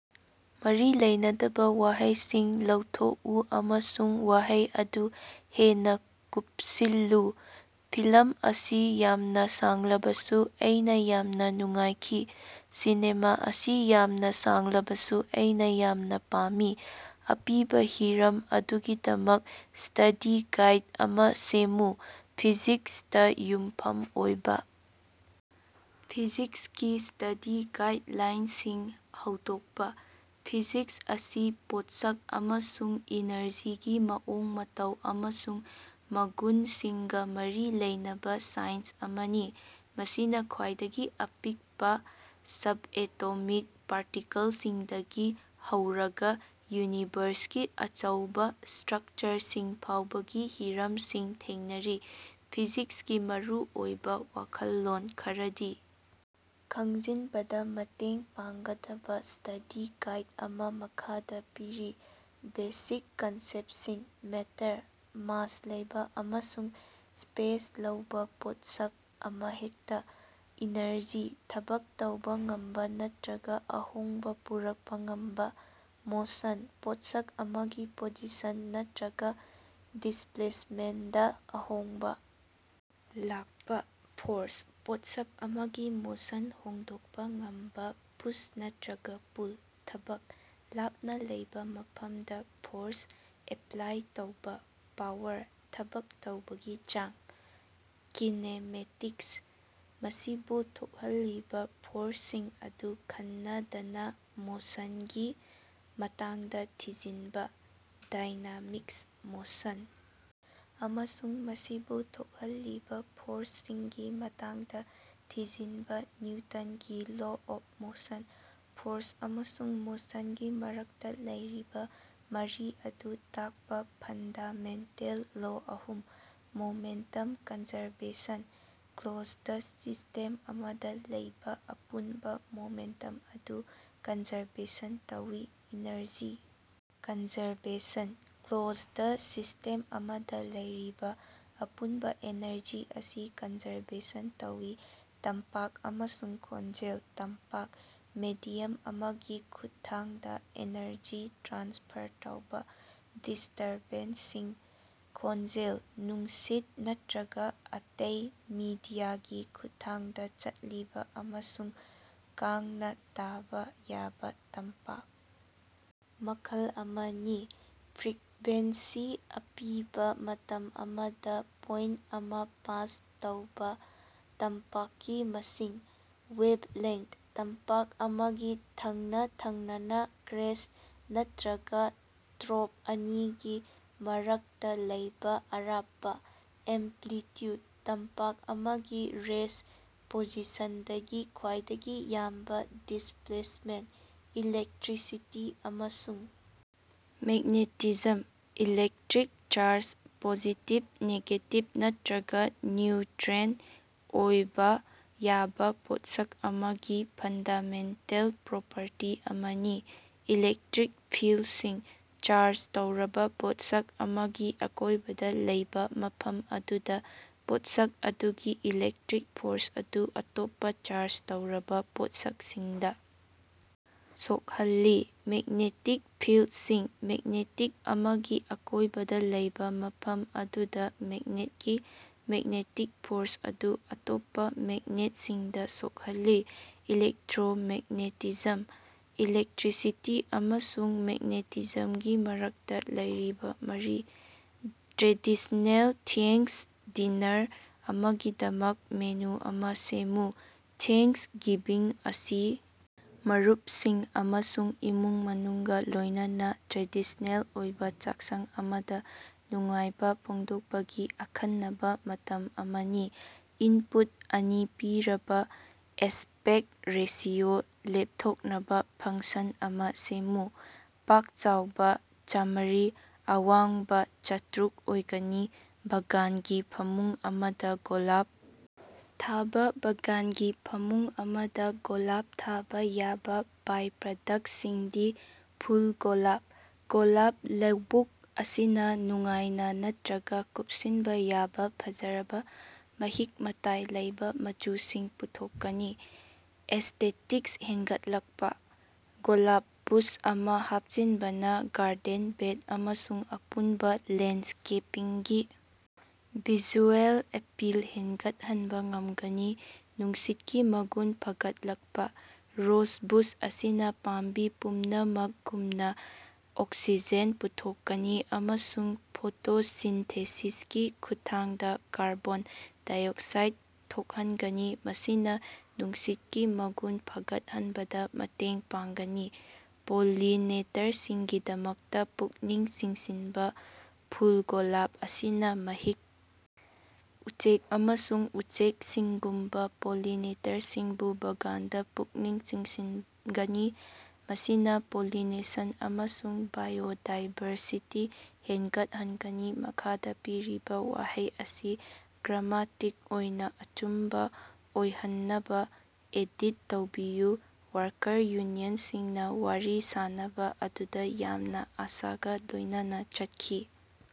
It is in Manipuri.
ꯃꯔꯤ ꯂꯩꯅꯗꯕ ꯋꯥꯍꯩꯁꯤꯡ ꯂꯧꯊꯣꯛꯎ ꯑꯃꯁꯨꯡ ꯋꯥꯍꯩ ꯑꯗꯨ ꯍꯦꯟꯅ ꯀꯨꯞꯁꯤꯜꯂꯨ꯫ ꯐꯤꯂꯝ ꯑꯁꯤ ꯌꯥꯝꯅ ꯁꯥꯡꯂꯕꯁꯨ ꯑꯩꯅ ꯌꯥꯝꯅ ꯅꯨꯡꯉꯥꯏꯈꯤ꯫ ꯁꯤꯅꯦꯃꯥ ꯑꯁꯤ ꯌꯥꯝꯅ ꯁꯥꯡꯂꯕꯁꯨ ꯑꯩꯅ ꯌꯥꯝꯅ ꯄꯥꯝꯃꯤ꯫ ꯑꯄꯤꯕ ꯍꯤꯔꯝ ꯑꯗꯨꯒꯤꯗꯃꯛ ꯁ꯭ꯇꯗꯤ ꯒꯥꯏꯗ ꯑꯃ ꯁꯦꯝꯃꯨ꯫ ꯐꯤꯖꯤꯛꯁꯇ ꯌꯨꯝꯐꯝ ꯑꯣꯏꯕ꯫ ꯐꯤꯖꯤꯛꯁꯀꯤ ꯁ꯭ꯇꯗꯤ ꯒꯥꯏꯗꯂꯥꯏꯟꯁꯤꯡ ꯍꯧꯗꯣꯛꯄ: ꯐꯤꯖꯤꯛꯁ ꯑꯁꯤ ꯄꯣꯠꯁꯛ ꯑꯃꯁꯨꯡ ꯏꯅꯔꯖꯤꯒꯤ ꯃꯑꯣꯡ ꯃꯇꯧ ꯑꯃꯁꯨꯡ ꯃꯒꯨꯟꯁꯤꯡꯒ ꯃꯔꯤ ꯂꯩꯅꯕ ꯁꯥꯏꯟꯁ ꯑꯃꯅꯤ꯫ ꯃꯁꯤꯅ ꯈ꯭ꯋꯥꯏꯗꯒꯤ ꯑꯄꯤꯛꯄ ꯁꯕꯑꯦꯇꯣꯃꯤꯛ ꯄꯥꯔꯇꯤꯀꯜꯁꯤꯡꯗꯒꯤ ꯍꯧꯔꯒ ꯌꯨꯅꯤꯚꯔꯁꯀꯤ ꯑꯆꯧꯕ ꯁ꯭ꯇ꯭ꯔꯛꯆꯔꯁꯤꯡ ꯐꯥꯎꯕꯒꯤ ꯍꯤꯔꯝꯁꯤꯡ ꯊꯦꯡꯅꯔꯤ꯫ ꯐꯤꯖꯤꯛꯁꯀꯤ ꯃꯔꯨꯑꯣꯏꯕ ꯋꯥꯈꯜꯂꯣꯟ ꯈꯔꯗꯤ ꯈꯪꯖꯤꯟꯕꯗ ꯃꯇꯦꯡ ꯄꯥꯡꯒꯗꯕ ꯁ꯭ꯇꯗꯤ ꯒꯥꯏꯗ ꯑꯃ ꯃꯈꯥꯗ ꯄꯤꯔꯤ꯫ ꯕꯦꯁꯤꯛ ꯀꯟꯁꯦꯞꯇꯁꯤꯡ: ꯃꯦꯇꯔ: ꯃꯥꯁ ꯂꯩꯕ ꯑꯃꯁꯨꯡ ꯁ꯭ꯄꯦꯁ ꯂꯧꯕ ꯄꯣꯠꯁꯛ ꯑꯃꯍꯦꯛꯇ꯫ ꯏꯅꯔꯖꯤ: ꯊꯕꯛ ꯇꯧꯕ ꯉꯝꯕ ꯅꯠꯇ꯭ꯔꯒ ꯑꯍꯣꯡꯕ ꯄꯨꯔꯛꯄ ꯉꯝꯕ꯫ ꯃꯣꯁꯟ: ꯄꯣꯠꯁꯛ ꯑꯃꯒꯤ ꯄꯣꯖꯤꯁꯟ ꯅꯠꯇ꯭ꯔꯒ ꯗꯤꯁꯄ꯭ꯂꯦꯁꯃꯦꯟꯇꯗ ꯑꯍꯣꯡꯕ ꯂꯥꯛꯄ ꯫ ꯐꯣꯔꯁ: ꯄꯣꯠꯁꯛ ꯑꯃꯒꯤ ꯃꯣꯁꯟ ꯍꯣꯡꯗꯣꯛꯄ ꯉꯝꯕ ꯄꯨꯁ ꯅꯠꯇ꯭ꯔꯒ ꯄꯨꯜ꯫ ꯊꯕꯛ: ꯂꯥꯞꯅ ꯂꯩꯕ ꯃꯐꯝꯗ ꯐꯣꯔꯁ ꯑꯦꯄ꯭ꯂꯥꯏ ꯇꯧꯕ꯫ ꯄꯥꯋꯔ: ꯊꯕꯛ ꯇꯧꯕꯒꯤ ꯆꯥꯡ꯫ ꯀꯤꯅꯦꯃꯦꯇꯤꯛꯁ: ꯃꯁꯤꯕꯨ ꯊꯣꯛꯍꯜꯂꯤꯕ ꯐꯣꯔꯁꯁꯤꯡ ꯑꯗꯨ ꯈꯟꯅꯗꯅ ꯃꯣꯁꯟꯒꯤ ꯃꯇꯥꯡꯗ ꯊꯤꯖꯤꯟꯕ꯫ ꯗꯥꯏꯅꯥꯃꯤꯛꯁ: ꯃꯣꯁꯟ ꯑꯃꯁꯨꯡ ꯃꯁꯤꯕꯨ ꯊꯣꯛꯍꯜꯂꯤꯕ ꯐꯣꯔꯁꯁꯤꯡꯒꯤ ꯃꯇꯥꯡꯗ ꯊꯤꯖꯤꯟꯕ꯫ ꯅꯤꯎꯇꯟꯒꯤ ꯂꯣ ꯑꯣꯐ ꯃꯣꯁꯟ: ꯐꯣꯔꯁ ꯑꯃꯁꯨꯡ ꯃꯣꯁꯟꯒꯤ ꯃꯔꯛꯇ ꯂꯩꯔꯤꯕ ꯃꯔꯤ ꯑꯗꯨ ꯇꯥꯛꯄ ꯐꯟꯗꯥꯃꯦꯟꯇꯦꯜ ꯂꯣ ꯑꯍꯨꯝ꯫ ꯃꯣꯃꯦꯟꯇꯝ ꯀꯟꯖꯔꯕꯦꯁꯟ: ꯀ꯭ꯂꯣꯖꯗ ꯁꯤꯁꯇꯦꯝ ꯑꯃꯗ ꯂꯩꯕ ꯑꯄꯨꯟꯕ ꯃꯣꯃꯦꯟꯇꯝ ꯑꯗꯨ ꯀꯟꯖꯔꯕꯦꯁꯟ ꯇꯧꯏ꯫ ꯏꯅꯔꯖꯤ ꯀꯟꯖꯔꯕꯦꯁꯟ: ꯀ꯭ꯂꯣꯖꯗ ꯁꯤꯁꯇꯦꯝ ꯑꯃꯗ ꯂꯩꯔꯤꯕ ꯑꯄꯨꯟꯕ ꯑꯦꯅꯔꯖꯤ ꯑꯁꯤ ꯀꯟꯖꯔꯕꯦꯁꯟ ꯇꯧꯏ꯫ ꯇꯝꯄꯥꯛ ꯑꯃꯁꯨꯡ ꯈꯣꯟꯖꯦꯜ: ꯇꯝꯄꯥꯛ: ꯃꯦꯗꯤꯌꯝ ꯑꯃꯒꯤ ꯈꯨꯠꯊꯥꯡꯗ ꯑꯦꯅꯔꯖꯤ ꯇ꯭ꯔꯥꯟꯁꯐꯔ ꯇꯧꯕ, ꯗꯤꯁꯇꯔꯕꯦꯟꯁꯁꯤꯡ꯫ ꯈꯣꯟꯖꯦꯜ: ꯅꯨꯡꯁꯤꯠ ꯅꯠꯇ꯭ꯔꯒ ꯑꯇꯩ ꯃꯤꯗꯤꯌꯥꯒꯤ ꯈꯨꯠꯊꯥꯡꯗ ꯆꯠꯂꯤꯕ ꯑꯃꯁꯨꯡ ꯀꯥꯡꯅ ꯇꯥꯕ ꯌꯥꯕ ꯇꯝꯄꯥꯛ ꯃꯈꯜ ꯑꯃꯅꯤ꯫ ꯐ꯭ꯔꯤꯛꯕꯦꯟꯁꯤ: ꯑꯄꯤꯕ ꯃꯇꯝ ꯑꯃꯗ ꯄꯣꯏꯟꯇ ꯑꯃ ꯄꯥꯁ ꯇꯧꯕ ꯇꯝꯄꯥꯛꯀꯤ ꯃꯁꯤꯡ꯫ ꯋꯦꯕꯂꯦꯡꯊ: ꯇꯝꯄꯥꯛ ꯑꯃꯒꯤ ꯊꯪꯅ-ꯊꯪꯅꯅ ꯀ꯭ꯔꯦꯁ꯭ꯠ ꯅꯠꯇ꯭ꯔꯒ ꯇ꯭ꯔꯣꯐ ꯑꯅꯤꯒꯤ ꯃꯔꯛꯇ ꯂꯩꯕ ꯑꯔꯥꯞꯄ꯫ ꯑꯦꯝꯄ꯭ꯂꯤꯠꯌꯨꯗ: ꯇꯝꯄꯥꯛ ꯑꯃꯒꯤ ꯔꯦꯁ꯭ꯠ ꯄꯣꯖꯤꯁꯟꯗꯒꯤ ꯈ꯭ꯋꯥꯏꯗꯒꯤ ꯌꯥꯝꯕ ꯗꯤꯁꯄ꯭ꯂꯦꯁꯃꯦꯟꯇ꯫ ꯏꯂꯦꯛꯇ꯭ꯔꯤꯁꯤꯇꯤ ꯑꯃꯁꯨꯡ magnetism: electric charge: positive, negative ꯅꯠꯇ꯭ꯔꯒ ꯅ꯭ꯌꯨꯇ꯭ꯔꯦꯟꯇ ꯑꯣꯏꯕ ꯌꯥꯕ ꯄꯣꯠꯁꯛ ꯑꯃꯒꯤ ꯐꯟꯗꯥꯃꯦꯟꯇꯦꯜ ꯄ꯭ꯔꯣꯄꯔꯇꯤ ꯑꯃꯅꯤ꯫ ꯏꯂꯦꯛꯇ꯭ꯔꯤꯛ ꯐꯤꯜꯗꯁꯤꯡ: ꯆꯥꯔꯖ ꯇꯧꯔꯕ ꯄꯣꯠꯁꯛ ꯑꯃꯒꯤ ꯑꯀꯣꯏꯕꯗ ꯂꯩꯕ ꯃꯐꯝ ꯑꯗꯨꯗ ꯄꯣꯠꯁꯛ ꯑꯗꯨꯒꯤ ꯏꯂꯦꯛꯇ꯭ꯔꯤꯛ ꯐꯣꯔꯁ ꯑꯗꯨ ꯑꯇꯣꯞꯄ ꯆꯥꯔꯖ ꯇꯧꯔꯕ ꯄꯣꯠꯁꯛꯁꯤꯡꯗ ꯁꯣꯛꯍꯜꯂꯤ꯫ ꯃꯦꯒ꯭ꯅꯦꯇꯤꯛ ꯐꯤꯜꯗꯁꯤꯡ: ꯃꯦꯒ꯭ꯅꯦꯇꯤꯛ ꯑꯃꯒꯤ ꯑꯀꯣꯏꯕꯗ ꯂꯩꯕ ꯃꯐꯝ ꯑꯗꯨꯗ ꯃꯦꯒ꯭ꯅꯦꯇꯀꯤ ꯃꯦꯒ꯭ꯅꯦꯇꯤꯛ ꯐꯣꯔꯁ ꯑꯗꯨ ꯑꯇꯣꯞꯄ ꯃꯦꯒ꯭ꯅꯦꯇꯁꯤꯡꯗ ꯁꯣꯛꯍꯜꯂꯤ꯫ ꯏꯂꯦꯛꯇ꯭ꯔꯣꯃꯦꯒ꯭ꯅꯦꯇꯤꯖꯝ: ꯏꯂꯦꯛꯇ꯭ꯔꯤꯁꯤꯇꯤ ꯑꯃꯁꯨꯡ ꯃꯦꯒ꯭ꯅꯦꯇꯤꯖꯝꯒꯤ ꯃꯔꯛꯇ ꯂꯩꯔꯤꯕ ꯃꯔꯤ꯫ ꯇ꯭ꯔꯦꯗꯤꯁ꯭ꯅꯦꯜ ꯊ꯭ꯌꯦꯡꯀꯁ ꯗꯤꯅꯥꯔ ꯑꯃꯒꯤꯗꯃꯛ ꯃꯦꯅꯨ ꯑꯃ ꯁꯦꯝꯃꯨ꯫ ꯊ꯭ꯌꯦꯡꯀꯁ ꯒꯤꯚꯤꯡ ꯑꯁꯤ ꯃꯔꯨꯄꯁꯤꯡ ꯑꯃꯁꯨꯡ ꯏꯃꯨꯡ ꯃꯅꯨꯡꯒ ꯂꯣꯏꯅꯅ ꯇ꯭ꯔꯦꯗꯤꯁ꯭ꯅꯦꯜ ꯑꯣꯏꯕ ꯆꯥꯛꯁꯪ ꯑꯃꯗ ꯅꯨꯡꯉꯥꯏꯕ ꯐꯣꯡꯗꯣꯛꯄꯒꯤ ꯑꯈꯟꯅꯕ ꯃꯇꯝ ꯑꯃꯅꯤ꯫ ꯏꯟꯄꯨꯠ ꯑꯅꯤ ꯄꯤꯔꯕ ꯑꯦꯁꯄꯦꯛꯇ ꯔꯦꯁꯤꯑꯣ ꯂꯦꯞꯊꯣꯛꯅꯕ ꯐꯪꯁꯟ ꯑꯃ ꯁꯦꯝꯃꯨ꯫ ꯄꯥꯛ ꯆꯥꯎꯕ ꯆꯥꯝꯃꯔꯤ, ꯑꯋꯥꯡꯕ ꯆꯥꯇ꯭ꯔꯨꯛ ꯑꯣꯏꯒꯅꯤ꯫ ꯕꯥꯒꯥꯟꯒꯤ ꯐꯃꯨꯡ ꯑꯃꯗ ꯒꯣꯂꯥꯞ ꯊꯥꯕ꯫ ꯕꯥꯒꯥꯟꯒꯤ ꯐꯃꯨꯡ ꯑꯃꯗ ꯒꯣꯂꯥꯞ ꯊꯥꯕ ꯌꯥꯕ ꯕꯥꯏꯄꯔꯗꯛꯇꯁꯤꯡꯗꯤ: ꯐꯨꯜ ꯒꯣꯂꯥꯞ: ꯒꯣꯂꯥꯞ ꯂꯧꯕꯨꯛ ꯑꯁꯤꯅ ꯅꯨꯡꯉꯥꯏꯕ ꯅꯠꯇ꯭ꯔꯒ ꯀꯨꯞꯁꯤꯟꯕ ꯌꯥꯕ ꯐꯖꯔꯕ, ꯃꯍꯤꯛ-ꯃꯇꯥꯏ ꯂꯩꯕ ꯃꯆꯨꯁꯤꯡ ꯄꯨꯊꯣꯛꯀꯅꯤ꯫ ꯑꯦꯁꯇꯦꯇꯤꯛꯁ ꯍꯦꯟꯒꯠꯂꯛꯄ: ꯒꯣꯂꯥꯞ ꯕꯨꯁ ꯑꯃ ꯍꯥꯞꯆꯤꯟꯕꯅ ꯒꯥꯔꯗꯦꯟ ꯕꯦꯗ ꯑꯃꯁꯨꯡ ꯑꯄꯨꯟꯕ ꯂꯦꯟꯗꯁ꯭ꯀꯦꯄꯤꯡꯒꯤ ꯚꯤꯖꯨꯑꯦꯜ ꯑꯦꯄꯤꯜ ꯍꯦꯟꯒꯠꯍꯟꯕ ꯉꯝꯒꯅꯤ꯫ ꯅꯨꯡꯁꯤꯠꯀꯤ ꯃꯒꯨꯟ ꯐꯒꯠꯂꯛꯄ: ꯔꯣꯖ ꯕꯨꯁ ꯑꯁꯤꯅ ꯄꯥꯝꯕꯤ ꯄꯨꯝꯅꯃꯛꯒꯨꯝꯅ ꯑꯣꯛꯁꯤꯖꯦꯟ ꯄꯨꯊꯣꯛꯀꯅꯤ ꯑꯃꯁꯨꯡ ꯐꯣꯇꯣꯁꯤꯟꯊꯦꯁꯤꯁꯀꯤ ꯈꯨꯠꯊꯥꯡꯗ ꯀꯥꯔꯕꯣꯟ ꯗꯥꯏꯑꯣꯛꯁꯥꯏꯗ ꯊꯣꯛꯍꯟꯒꯅꯤ, ꯃꯁꯤꯅ ꯅꯨꯡꯁꯤꯠꯀꯤ ꯃꯒꯨꯟ ꯐꯒꯠꯍꯟꯕꯗ ꯃꯇꯦꯡ ꯄꯥꯡꯒꯅꯤ꯫ ꯄꯣꯂꯤꯅꯦꯇꯔꯁꯤꯡꯒꯤꯗꯃꯛꯇ ꯄꯨꯛꯅꯤꯡ ꯆꯤꯡꯁꯤꯟꯕ: ꯐꯨꯜ ꯒꯣꯂꯥꯞ ꯑꯁꯤꯅ ꯃꯍꯤꯛ, ꯎꯆꯦꯛ ꯑꯃꯁꯨꯡ ꯎꯆꯦꯛꯁꯤꯡꯒꯨꯝꯕ ꯄꯣꯂꯤꯅꯦꯇꯔꯁꯤꯡꯕꯨ ꯕꯥꯒꯥꯟꯗ ꯄꯨꯛꯅꯤꯡ ꯆꯤꯡꯁꯤꯟꯒꯅꯤ, ꯃꯁꯤꯅ ꯄꯣꯂꯤꯅꯦꯁꯟ ꯑꯃꯁꯨꯡ ꯕꯥꯏꯑꯣꯗꯥꯏꯚꯔꯁꯤꯇꯤ ꯍꯦꯟꯒꯠꯍꯟꯒꯅꯤ꯫ ꯃꯈꯥꯗ ꯄꯤꯔꯤꯕ ꯋꯥꯍꯩ ꯑꯁꯤ ꯒ꯭ꯔꯥꯃꯥꯇꯤꯛ ꯑꯣꯏꯅ ꯑꯆꯨꯝꯕ ꯑꯣꯏꯍꯟꯅꯕ ꯑꯦꯗꯤꯠ ꯇꯧꯕꯤꯌꯨ꯫ ꯋꯥꯔꯀꯔ ꯌꯨꯅꯤꯌꯟꯁꯤꯡꯅ ꯋꯥꯔꯤ ꯁꯥꯅꯕ ꯑꯗꯨꯗ ꯌꯥꯝꯅ ꯑꯁꯥꯒ ꯂꯣꯏꯅꯅ ꯆꯠꯈꯤ꯫